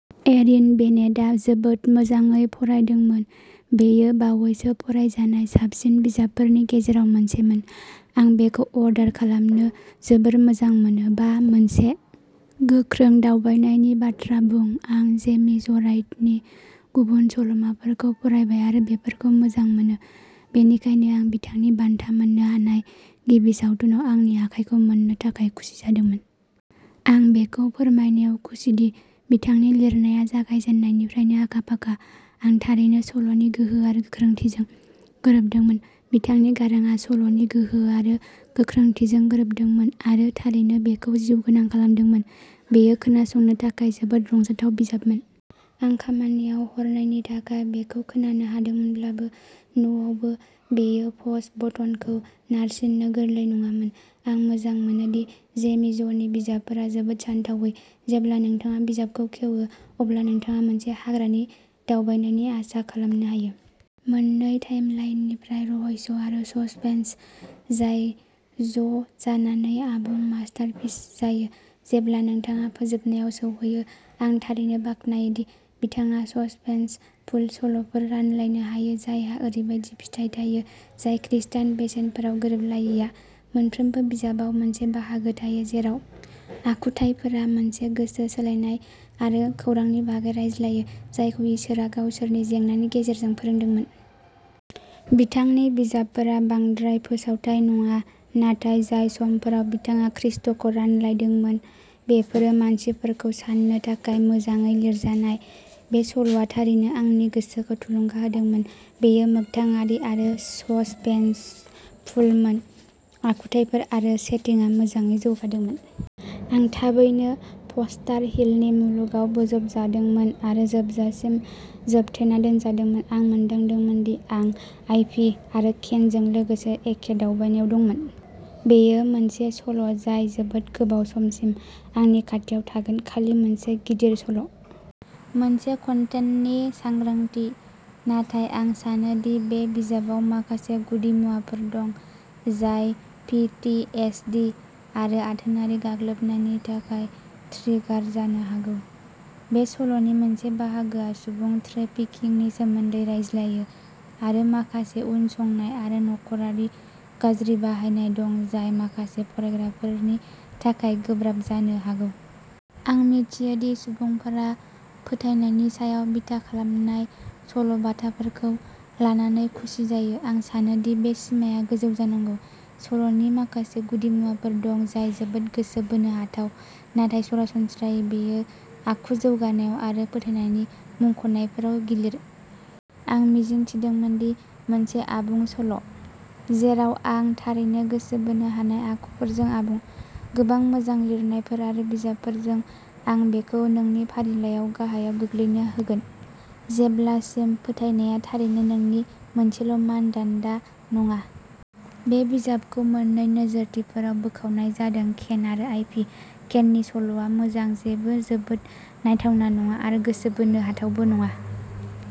Erin बेनेटआ जोबोद मोजाङै फरायदोंमोन। बेयो बावैसो फरायजानाय साबसिन बिजाबफोरनि गेजेराव मोनसेमोन। आं बेखौ अर्डार खालामनो जोबोर मोजां मोनो। बा, मोनसे गोख्रों दावबायनायनि बाथ्रा बुं आं जेमी जराइटनि गुबुन सल'माफोरखौ फरायबाय आरो बेफोरखौ मोजां मोनो, बेनिखायनो आं बिथांनि बान्था मोन्नो हानाय गिबि सावथुनआव आंनि आखायखौ मोन्नो थाखाय खुसि जादोंमोन। आं बेखौ फोरमायनायाव खुसिदि बिथांनि लिरनाया जागायजेन्नायनिफ्रायनो आखा-फाखा। आं थारैनो सल'नि गोहो आरो गोख्रोंथिजों गोरोबदोंमोन। बिथांनि गारांआ सल'नि गोहो आरो गोख्रोंथिजों गोरोबदोंमोन आरो थारैनो बेखौ जिउगोनां खालामदोंमोन। बेयो खोनासंनो थाखाय जोबोद रंजाथाव बिजाबमोन। आं खामानियाव हरनैनि थाखाय बेखौ खोनानो हादोंमोनब्लाबो, न'आवबो बेयो प'ज बटनखौ नारसिननो गोरलै नङामोन। आं मोजां मोनो दि जेमी ज'नि बिजाबफोरा जोबोद सानथावै। जेब्ला नोंथाङा बिजाबखौ खेवो, अब्ला नोंथाङा मोनसे हाग्रानि दावबायनायनि आसा खालामनो हायो। मोननै टाइमलाइननिफ्राय रहस्य आरो ससपेन्स जाय जजानानै आबुं मास्टारपिस जायो जेब्ला नोंथाङा फोजोबनायाव सौहैयो। आं थारैनो बाख्नायो दि बिथाङा ससपेन्सफुल सल'फोर रानलायनो हायो जायहा ओरैबायदि फिथाइ थायो जाय खृस्टान बेसेनफोराव गोरोबलायैया। मोनफ्रोमबो बिजाबाव मोनसे बाहागो थायो जेराव आखुथाइफोरा मोनसे गोसो सोलायनाय आरो खौरांनि बागै रायज्लायो जायखौ इसोरआ गावसोरनि जेंनानि गेजेरजों फोरोंदोंमोन। बिथांनि बिजाबफोरा बांद्राय फोसावथाव नङा नाथाय जाय समफोराव बिथाङा खृस्टखौ रानलायदोंमोन बेफोरो मानसिफोरखौ साननो थाखाय मोजाङै लिरजानाय। बे सल'आ थारैनो आंनि गोसोखौ थुलुंगा होदोंमोन। बेयो मोगथाङारि आरो ससपेन्सफुलमोन। आखुथाइफोर आरो सेटिंआ मोजाङै जौगादोंमोन। आं थाबैनो फस्टार हिलनि मुलुगाव बोजबजादोंमोन आरो जोबजासिम जोबथेना दोनजादोंमोन। आं मोनदांदोंमोन दि आं आइभी आरो केनजों लोगोसे एखे दावबायनायाव दंमोन। बेयो मोनसे सल' जाय जोबोद गोबाव समसिम आंनि खाथियाव थागोन। खालि मोनसे गिदिर सल'। मोनसे कन्टेन्टनि सांग्रांथि, नाथाय आं सानो दि बे बिजाबाव माखासे गुदि मुवाफोर दं जाय पि ति एस दि आरो आथोनारि गाग्लोबनायनि थाखाय ट्रिगार जानो हागौ। बे सल'नि मोनसे बाहागोआ सुबुं त्रेफिकिंनि सोमोन्दै रायज्लायो आरो माखासे उनसंनाय आरो नख'रारि गाज्रि बाहायनाय दं जाय माखासे फरायग्राफोरनि थाखाय गोब्राब जानो हागौ। आं मिथियो दि सुबुंफोरा फोथायनायनि सायाव बिथा खालामनाय सल'बाथाफोरखौ लानानै खुसि जायो। आं सानो दि बे सिमाआ गोजौ जानांगौ। सल'नि माखासे गुदिमुवाफोर दं जाय जोबोद गोसो बोनो हाथाव नाथाय सरासनस्रायै बेयो आखु जौगानायाव आरो फोथायनायनि मुंख'नायफोराव गिलिर। आं मिजिंथिदोंमोन दि मोनसे आबुं सल' जेराव आं थारैनो गोसो बोनो हानाय आखुफोरजों आबुं। गोबां मोजां लिरनायफोर आरो बिजाबफोरजों, आं बेखौ नोंनि फारिलाइआव गाहायाव गोग्लैनो होगोन, जेब्लासिम फोथायनाया थारैनो नोंनि मोनसेल' मानदान्दा नङा। बे बिजाबखौ मोन्नै नोजोरथिफोराव बोखावनाय जादों केन आरो आइभि। केननि सल'आ मोजां जेबो जोबोद नायथावना नङा आरो गोसो बोनो हाथावबो नङा।